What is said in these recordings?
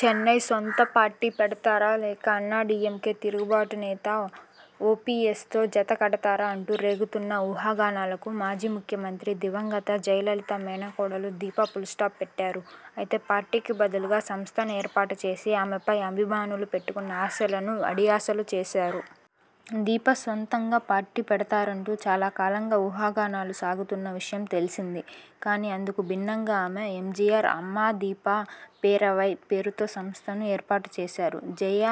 చెన్నై స్వంత పార్టీ పెడతారా, లేక అన్నాడీఎంకే తిరుగుబాటు నేత ఓపీఎస్తో జత కడతారా అంటూ రేగుతున్న ఊహాగానాలకు మాజీ ముఖ్యమంత్రి దివంగత జయలలిత మేనకోడలు దీప ఫుల్స్టాప్ పెట్టారు. అయితే పార్టీకి బదులుగా సంస్థను ఏర్పాటు చేసి ఆమెపై అభిమానులు పెట్టుకున్న ఆశలను అడియాశలు చేశారు. దీప స్వంతంగా పార్టీ పెడతారంటూ చాలాకాలంగా ఊహాగానాలు సాగుతున్న విషయం తెలిసిందే. కానీ అందుకు భిన్నంగా ఆమె 'ఎంజీఆర్ అమ్మా దీపా పేరవై' పేరుతో సంస్థను ఏర్పాటు చేశారు. జయ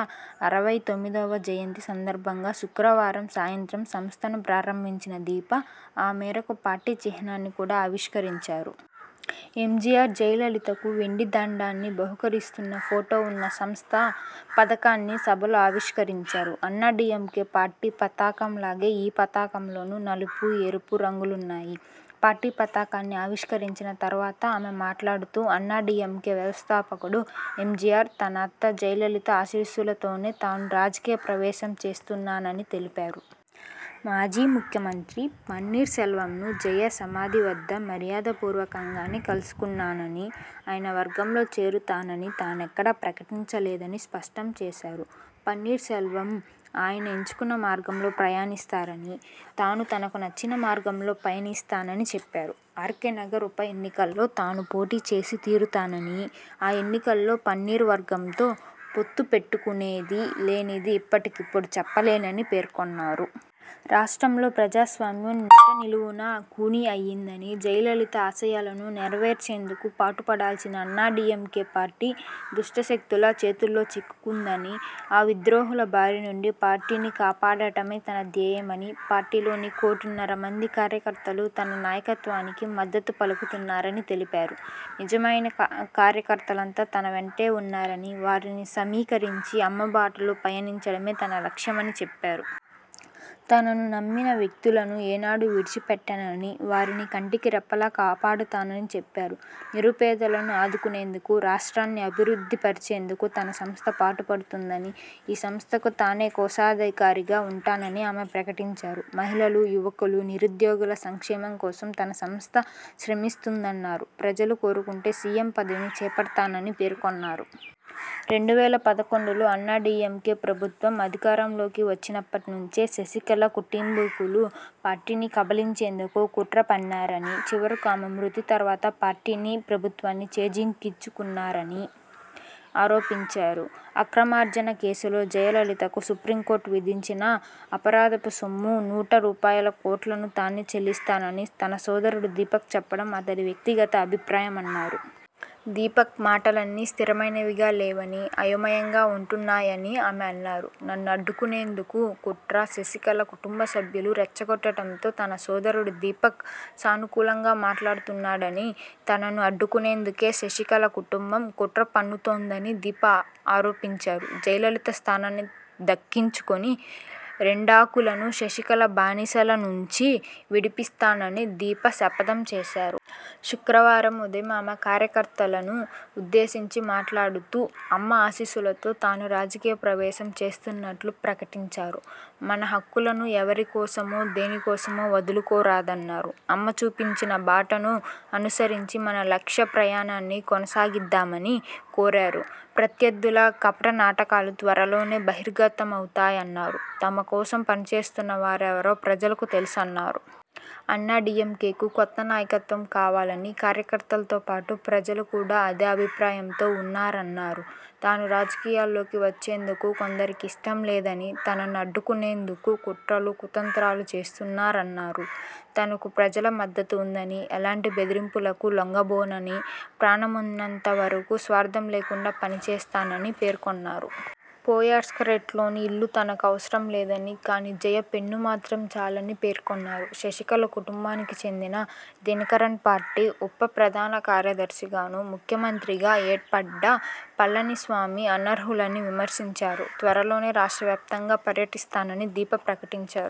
అరవై తొమ్మిదివ జయంతి సందర్భంగా శుక్రవారం సాయంత్రం సంస్థను ప్రారంభించిన దీప.. ఆ మేరకు పార్టీ చిహ్నాన్ని కూడా ఆవిష్కరించారు. ఎంజీఆర్ జయలలితకు వెండి దండాన్ని బహూకరిస్తున్న ఫోటో ఉన్న సంస్థ పతాకాన్ని సభలో ఆవిష్కరించారు. అన్నాడీఎంకే పార్టీ పతాకం లాగే ఈ పతాకంలోనూ నలుపు, ఎరుపు రంగులున్నాయి. పార్టీ పతాకాన్ని ఆవిష్కరించిన తర్వాత ఆమె మాట్లాడుతూఅన్నాడీఎంకే వ్యవస్థాపకుడు ఎంజీఆర్, తన అత్త జయలలిత ఆశీస్సులతోనే తాను రాజకీయప్రవేశం చేస్తున్నానని తెలిపారు. మాజీ ముఖ్యమంత్రి పన్నీర్సెల్వంను జయ సమాధి వద్ద మర్యాదపూర్వకంగానే కలుసుకున్నానని, ఆయన వర్గంలో చేరతానని తానెక్కడా ప్రకటించలేదని స్పష్టం చేశారు. పన్నీర్సెల్వం ఆయన ఎంచుకున్న మార్గంలో ప్రయాణిస్తారని, తాను తనకు నచ్చిన మార్గంలో పయనిస్తానని చెప్పారు. ఆర్కే నగర్ ఉప ఎన్నికలో తాను పోటీ చేసి తీరుతానని, ఆ ఎన్నికలో పన్నీర్వర్గంతో పొత్తుపెట్టుకునేదీ లేనిదీ ఇప్పటికిప్పుడు చెప్పలేనని పేర్కొన్నారు. రాష్ట్రంలో ప్రజాస్వామ్యం నిట్టనిలువునా ఖూనీ అయిందని, జయలలిత ఆశయాలను నెరవేర్చేందుకు పాటుపడాల్సిన అన్నాడీఎంకే పార్టీ దుష్టశక్తుల చేతుల్లోచిక్కుకుందని, ఆ విద్రోహుల బారి నుండి పార్టీని కాపాడటమే తన ధ్యేయమని, పార్టీలోని కోటిన్నరమంది కార్యకర్తలు తన నాయకత్వానికి మద్ధతు పలుకుతున్నారని తెలిపారు. నిజమైన కార్యకర్తలంతా తన వెంటే ఉన్నారని, వారిని సమీకరించి అమ్మ బాటలో పయనించడమే తన లక్ష్యమని చెప్పారు. తనను నమ్మిన వ్యక్తులను ఏనాడు విడిచిపెట్టననని, వారిని కంటికిరెప్పలా కాపాడతానని చెప్పారు. నిరుపేదలను ఆదుకునేందుకు, రాషా్ట్రన్ని అభివృద్ధిప రచేందుకు తన సంస్థ పాటుపడుతుందని, ఈ సంస్థకు తానే కోశాధికారిగా ఉంటానని ఆమె ప్రకటించారు. మహిళలు, యువకులు, నిరుద్యోగుల సంక్షేమం కోసం తన సంస్థ శ్రమిస్తుందన్నారు. ప్రజలు కోరుకుంటే సీఎం పదవిని చేపడతానని పేర్కొన్నారు. రెండు వేల పదకొండులో అన్నాడీఎంకే ప్రభుత్వం అధికారంలోకి వచ్చినప్పటినుంచే శశికళ కుటుంబీకులు పార్టీని కబళించేందుకు కుట్ర పన్నారని, చివరకు ఆమె మృతి తర్వాత పార్టీని, ప్రభుత్వాన్ని చేజిక్కించుకున్నారని ఆరోపించారు. అక్రమార్జన కేసులో జయ లలితకు సుప్రీంకోర్టు విధించిన అపరాధపు సొమ్ము నూట రూపాయలుకోట్లను తానే చెల్లిస్తానని తన సోదరుడు దీపక్ చెప్పడం అతడి వ్యక్తిగత అభిప్రాయమన్నారు. దీపక్ మాటలన్నీ స్థిరమైనవిగా లేవని అయోమయంగా ఉంటున్నాయని ఆమె అన్నారు. నన్ను అడ్డుకునేందుకు కుట్రశశికళ కుటుంబ సభ్యులు రెచ్చగొట్టడంతో తన సోదరుడు దీపక్ సానుకులంగా మాట్లాడుతున్నాడని, తనను అడ్డుకునేందుకే శశికళ కుటుంబం కుట్ర పన్నుతోందని దీప ఆరోపించారు. జయలలిత స్థానాన్ని దక్కించుకుని రెండాకులను శశికళ బానిసల నుంచి విడిపిస్తానని దీప శపథం చేశారు. శుక్రవారం ఉదయం ఆమె కార్యకర్తలను ఉద్దేశించి మాట్లాడుతూఅమ్మ ఆశీస్సులతో తాను రాజకీయ ప్రవేశం చేస్తున్నట్లు ప్రకటించారు. మన హక్కులను ఎవరి కోసమో, దేని కోసమో వదులుకోరాదన్నారు. అమ్మ చూపించిన బాటను అనుసరించి మన లక్ష్య ప్రయాణాన్ని కొనసాగిద్దామని కోరారు. ప్రత్యర్థుల కపటనాటకాలు త్వరలోనే బహిర్గతమవుతాయన్నారు. తమ కోసం పనిచేస్తున్నవారెవరో ప్రజలకు తెలుసన్నారు. అన్నాడీఎంకేకు కొత్త నాయకత్వం కావాలని, కార్యకర్తలతో పాటు ప్రజలు కూడా అదే అభిప్రాయంతో వున్నారన్నారు. తాను రాజకీయాల్లోకి వచ్చేందుకు కొందరికి ఇష్టం లేదని, తనను అడ్డుకొనేందుకు కుట్రలు, కుతంత్రాలు చేస్తున్నారన్నారు. తనకు ప్రజల మద్దతు ఉందని, ఎలాంటి బెదిరింపులకు లొంగబోనని, ప్రాణమున్నంత వరకు స్వార్థం లేకుండా పనిచేస్తానని పేర్కొన్నారు. పోయ్స్గార్టెన్లోని ఇల్లు తనకు అవసరం లేదని, కానీ జయ పెన్ను మాత్రం చాలని పేర్కొన్నారు. శశికళ కుటుంబానికి చెందిన దినకరన్ పార్టీ ఉప ప్రధానకార్యదర్శిగాను, ముఖ్యమంత్రిగా ఎడ్పడ్డా పళనిస్వామి అనర్హులని విమర్శించారు. త్వరలోనే రాష్ట్ర వ్యాప్తంగా పర్యటిస్తానని దీప ప్రకటించారు.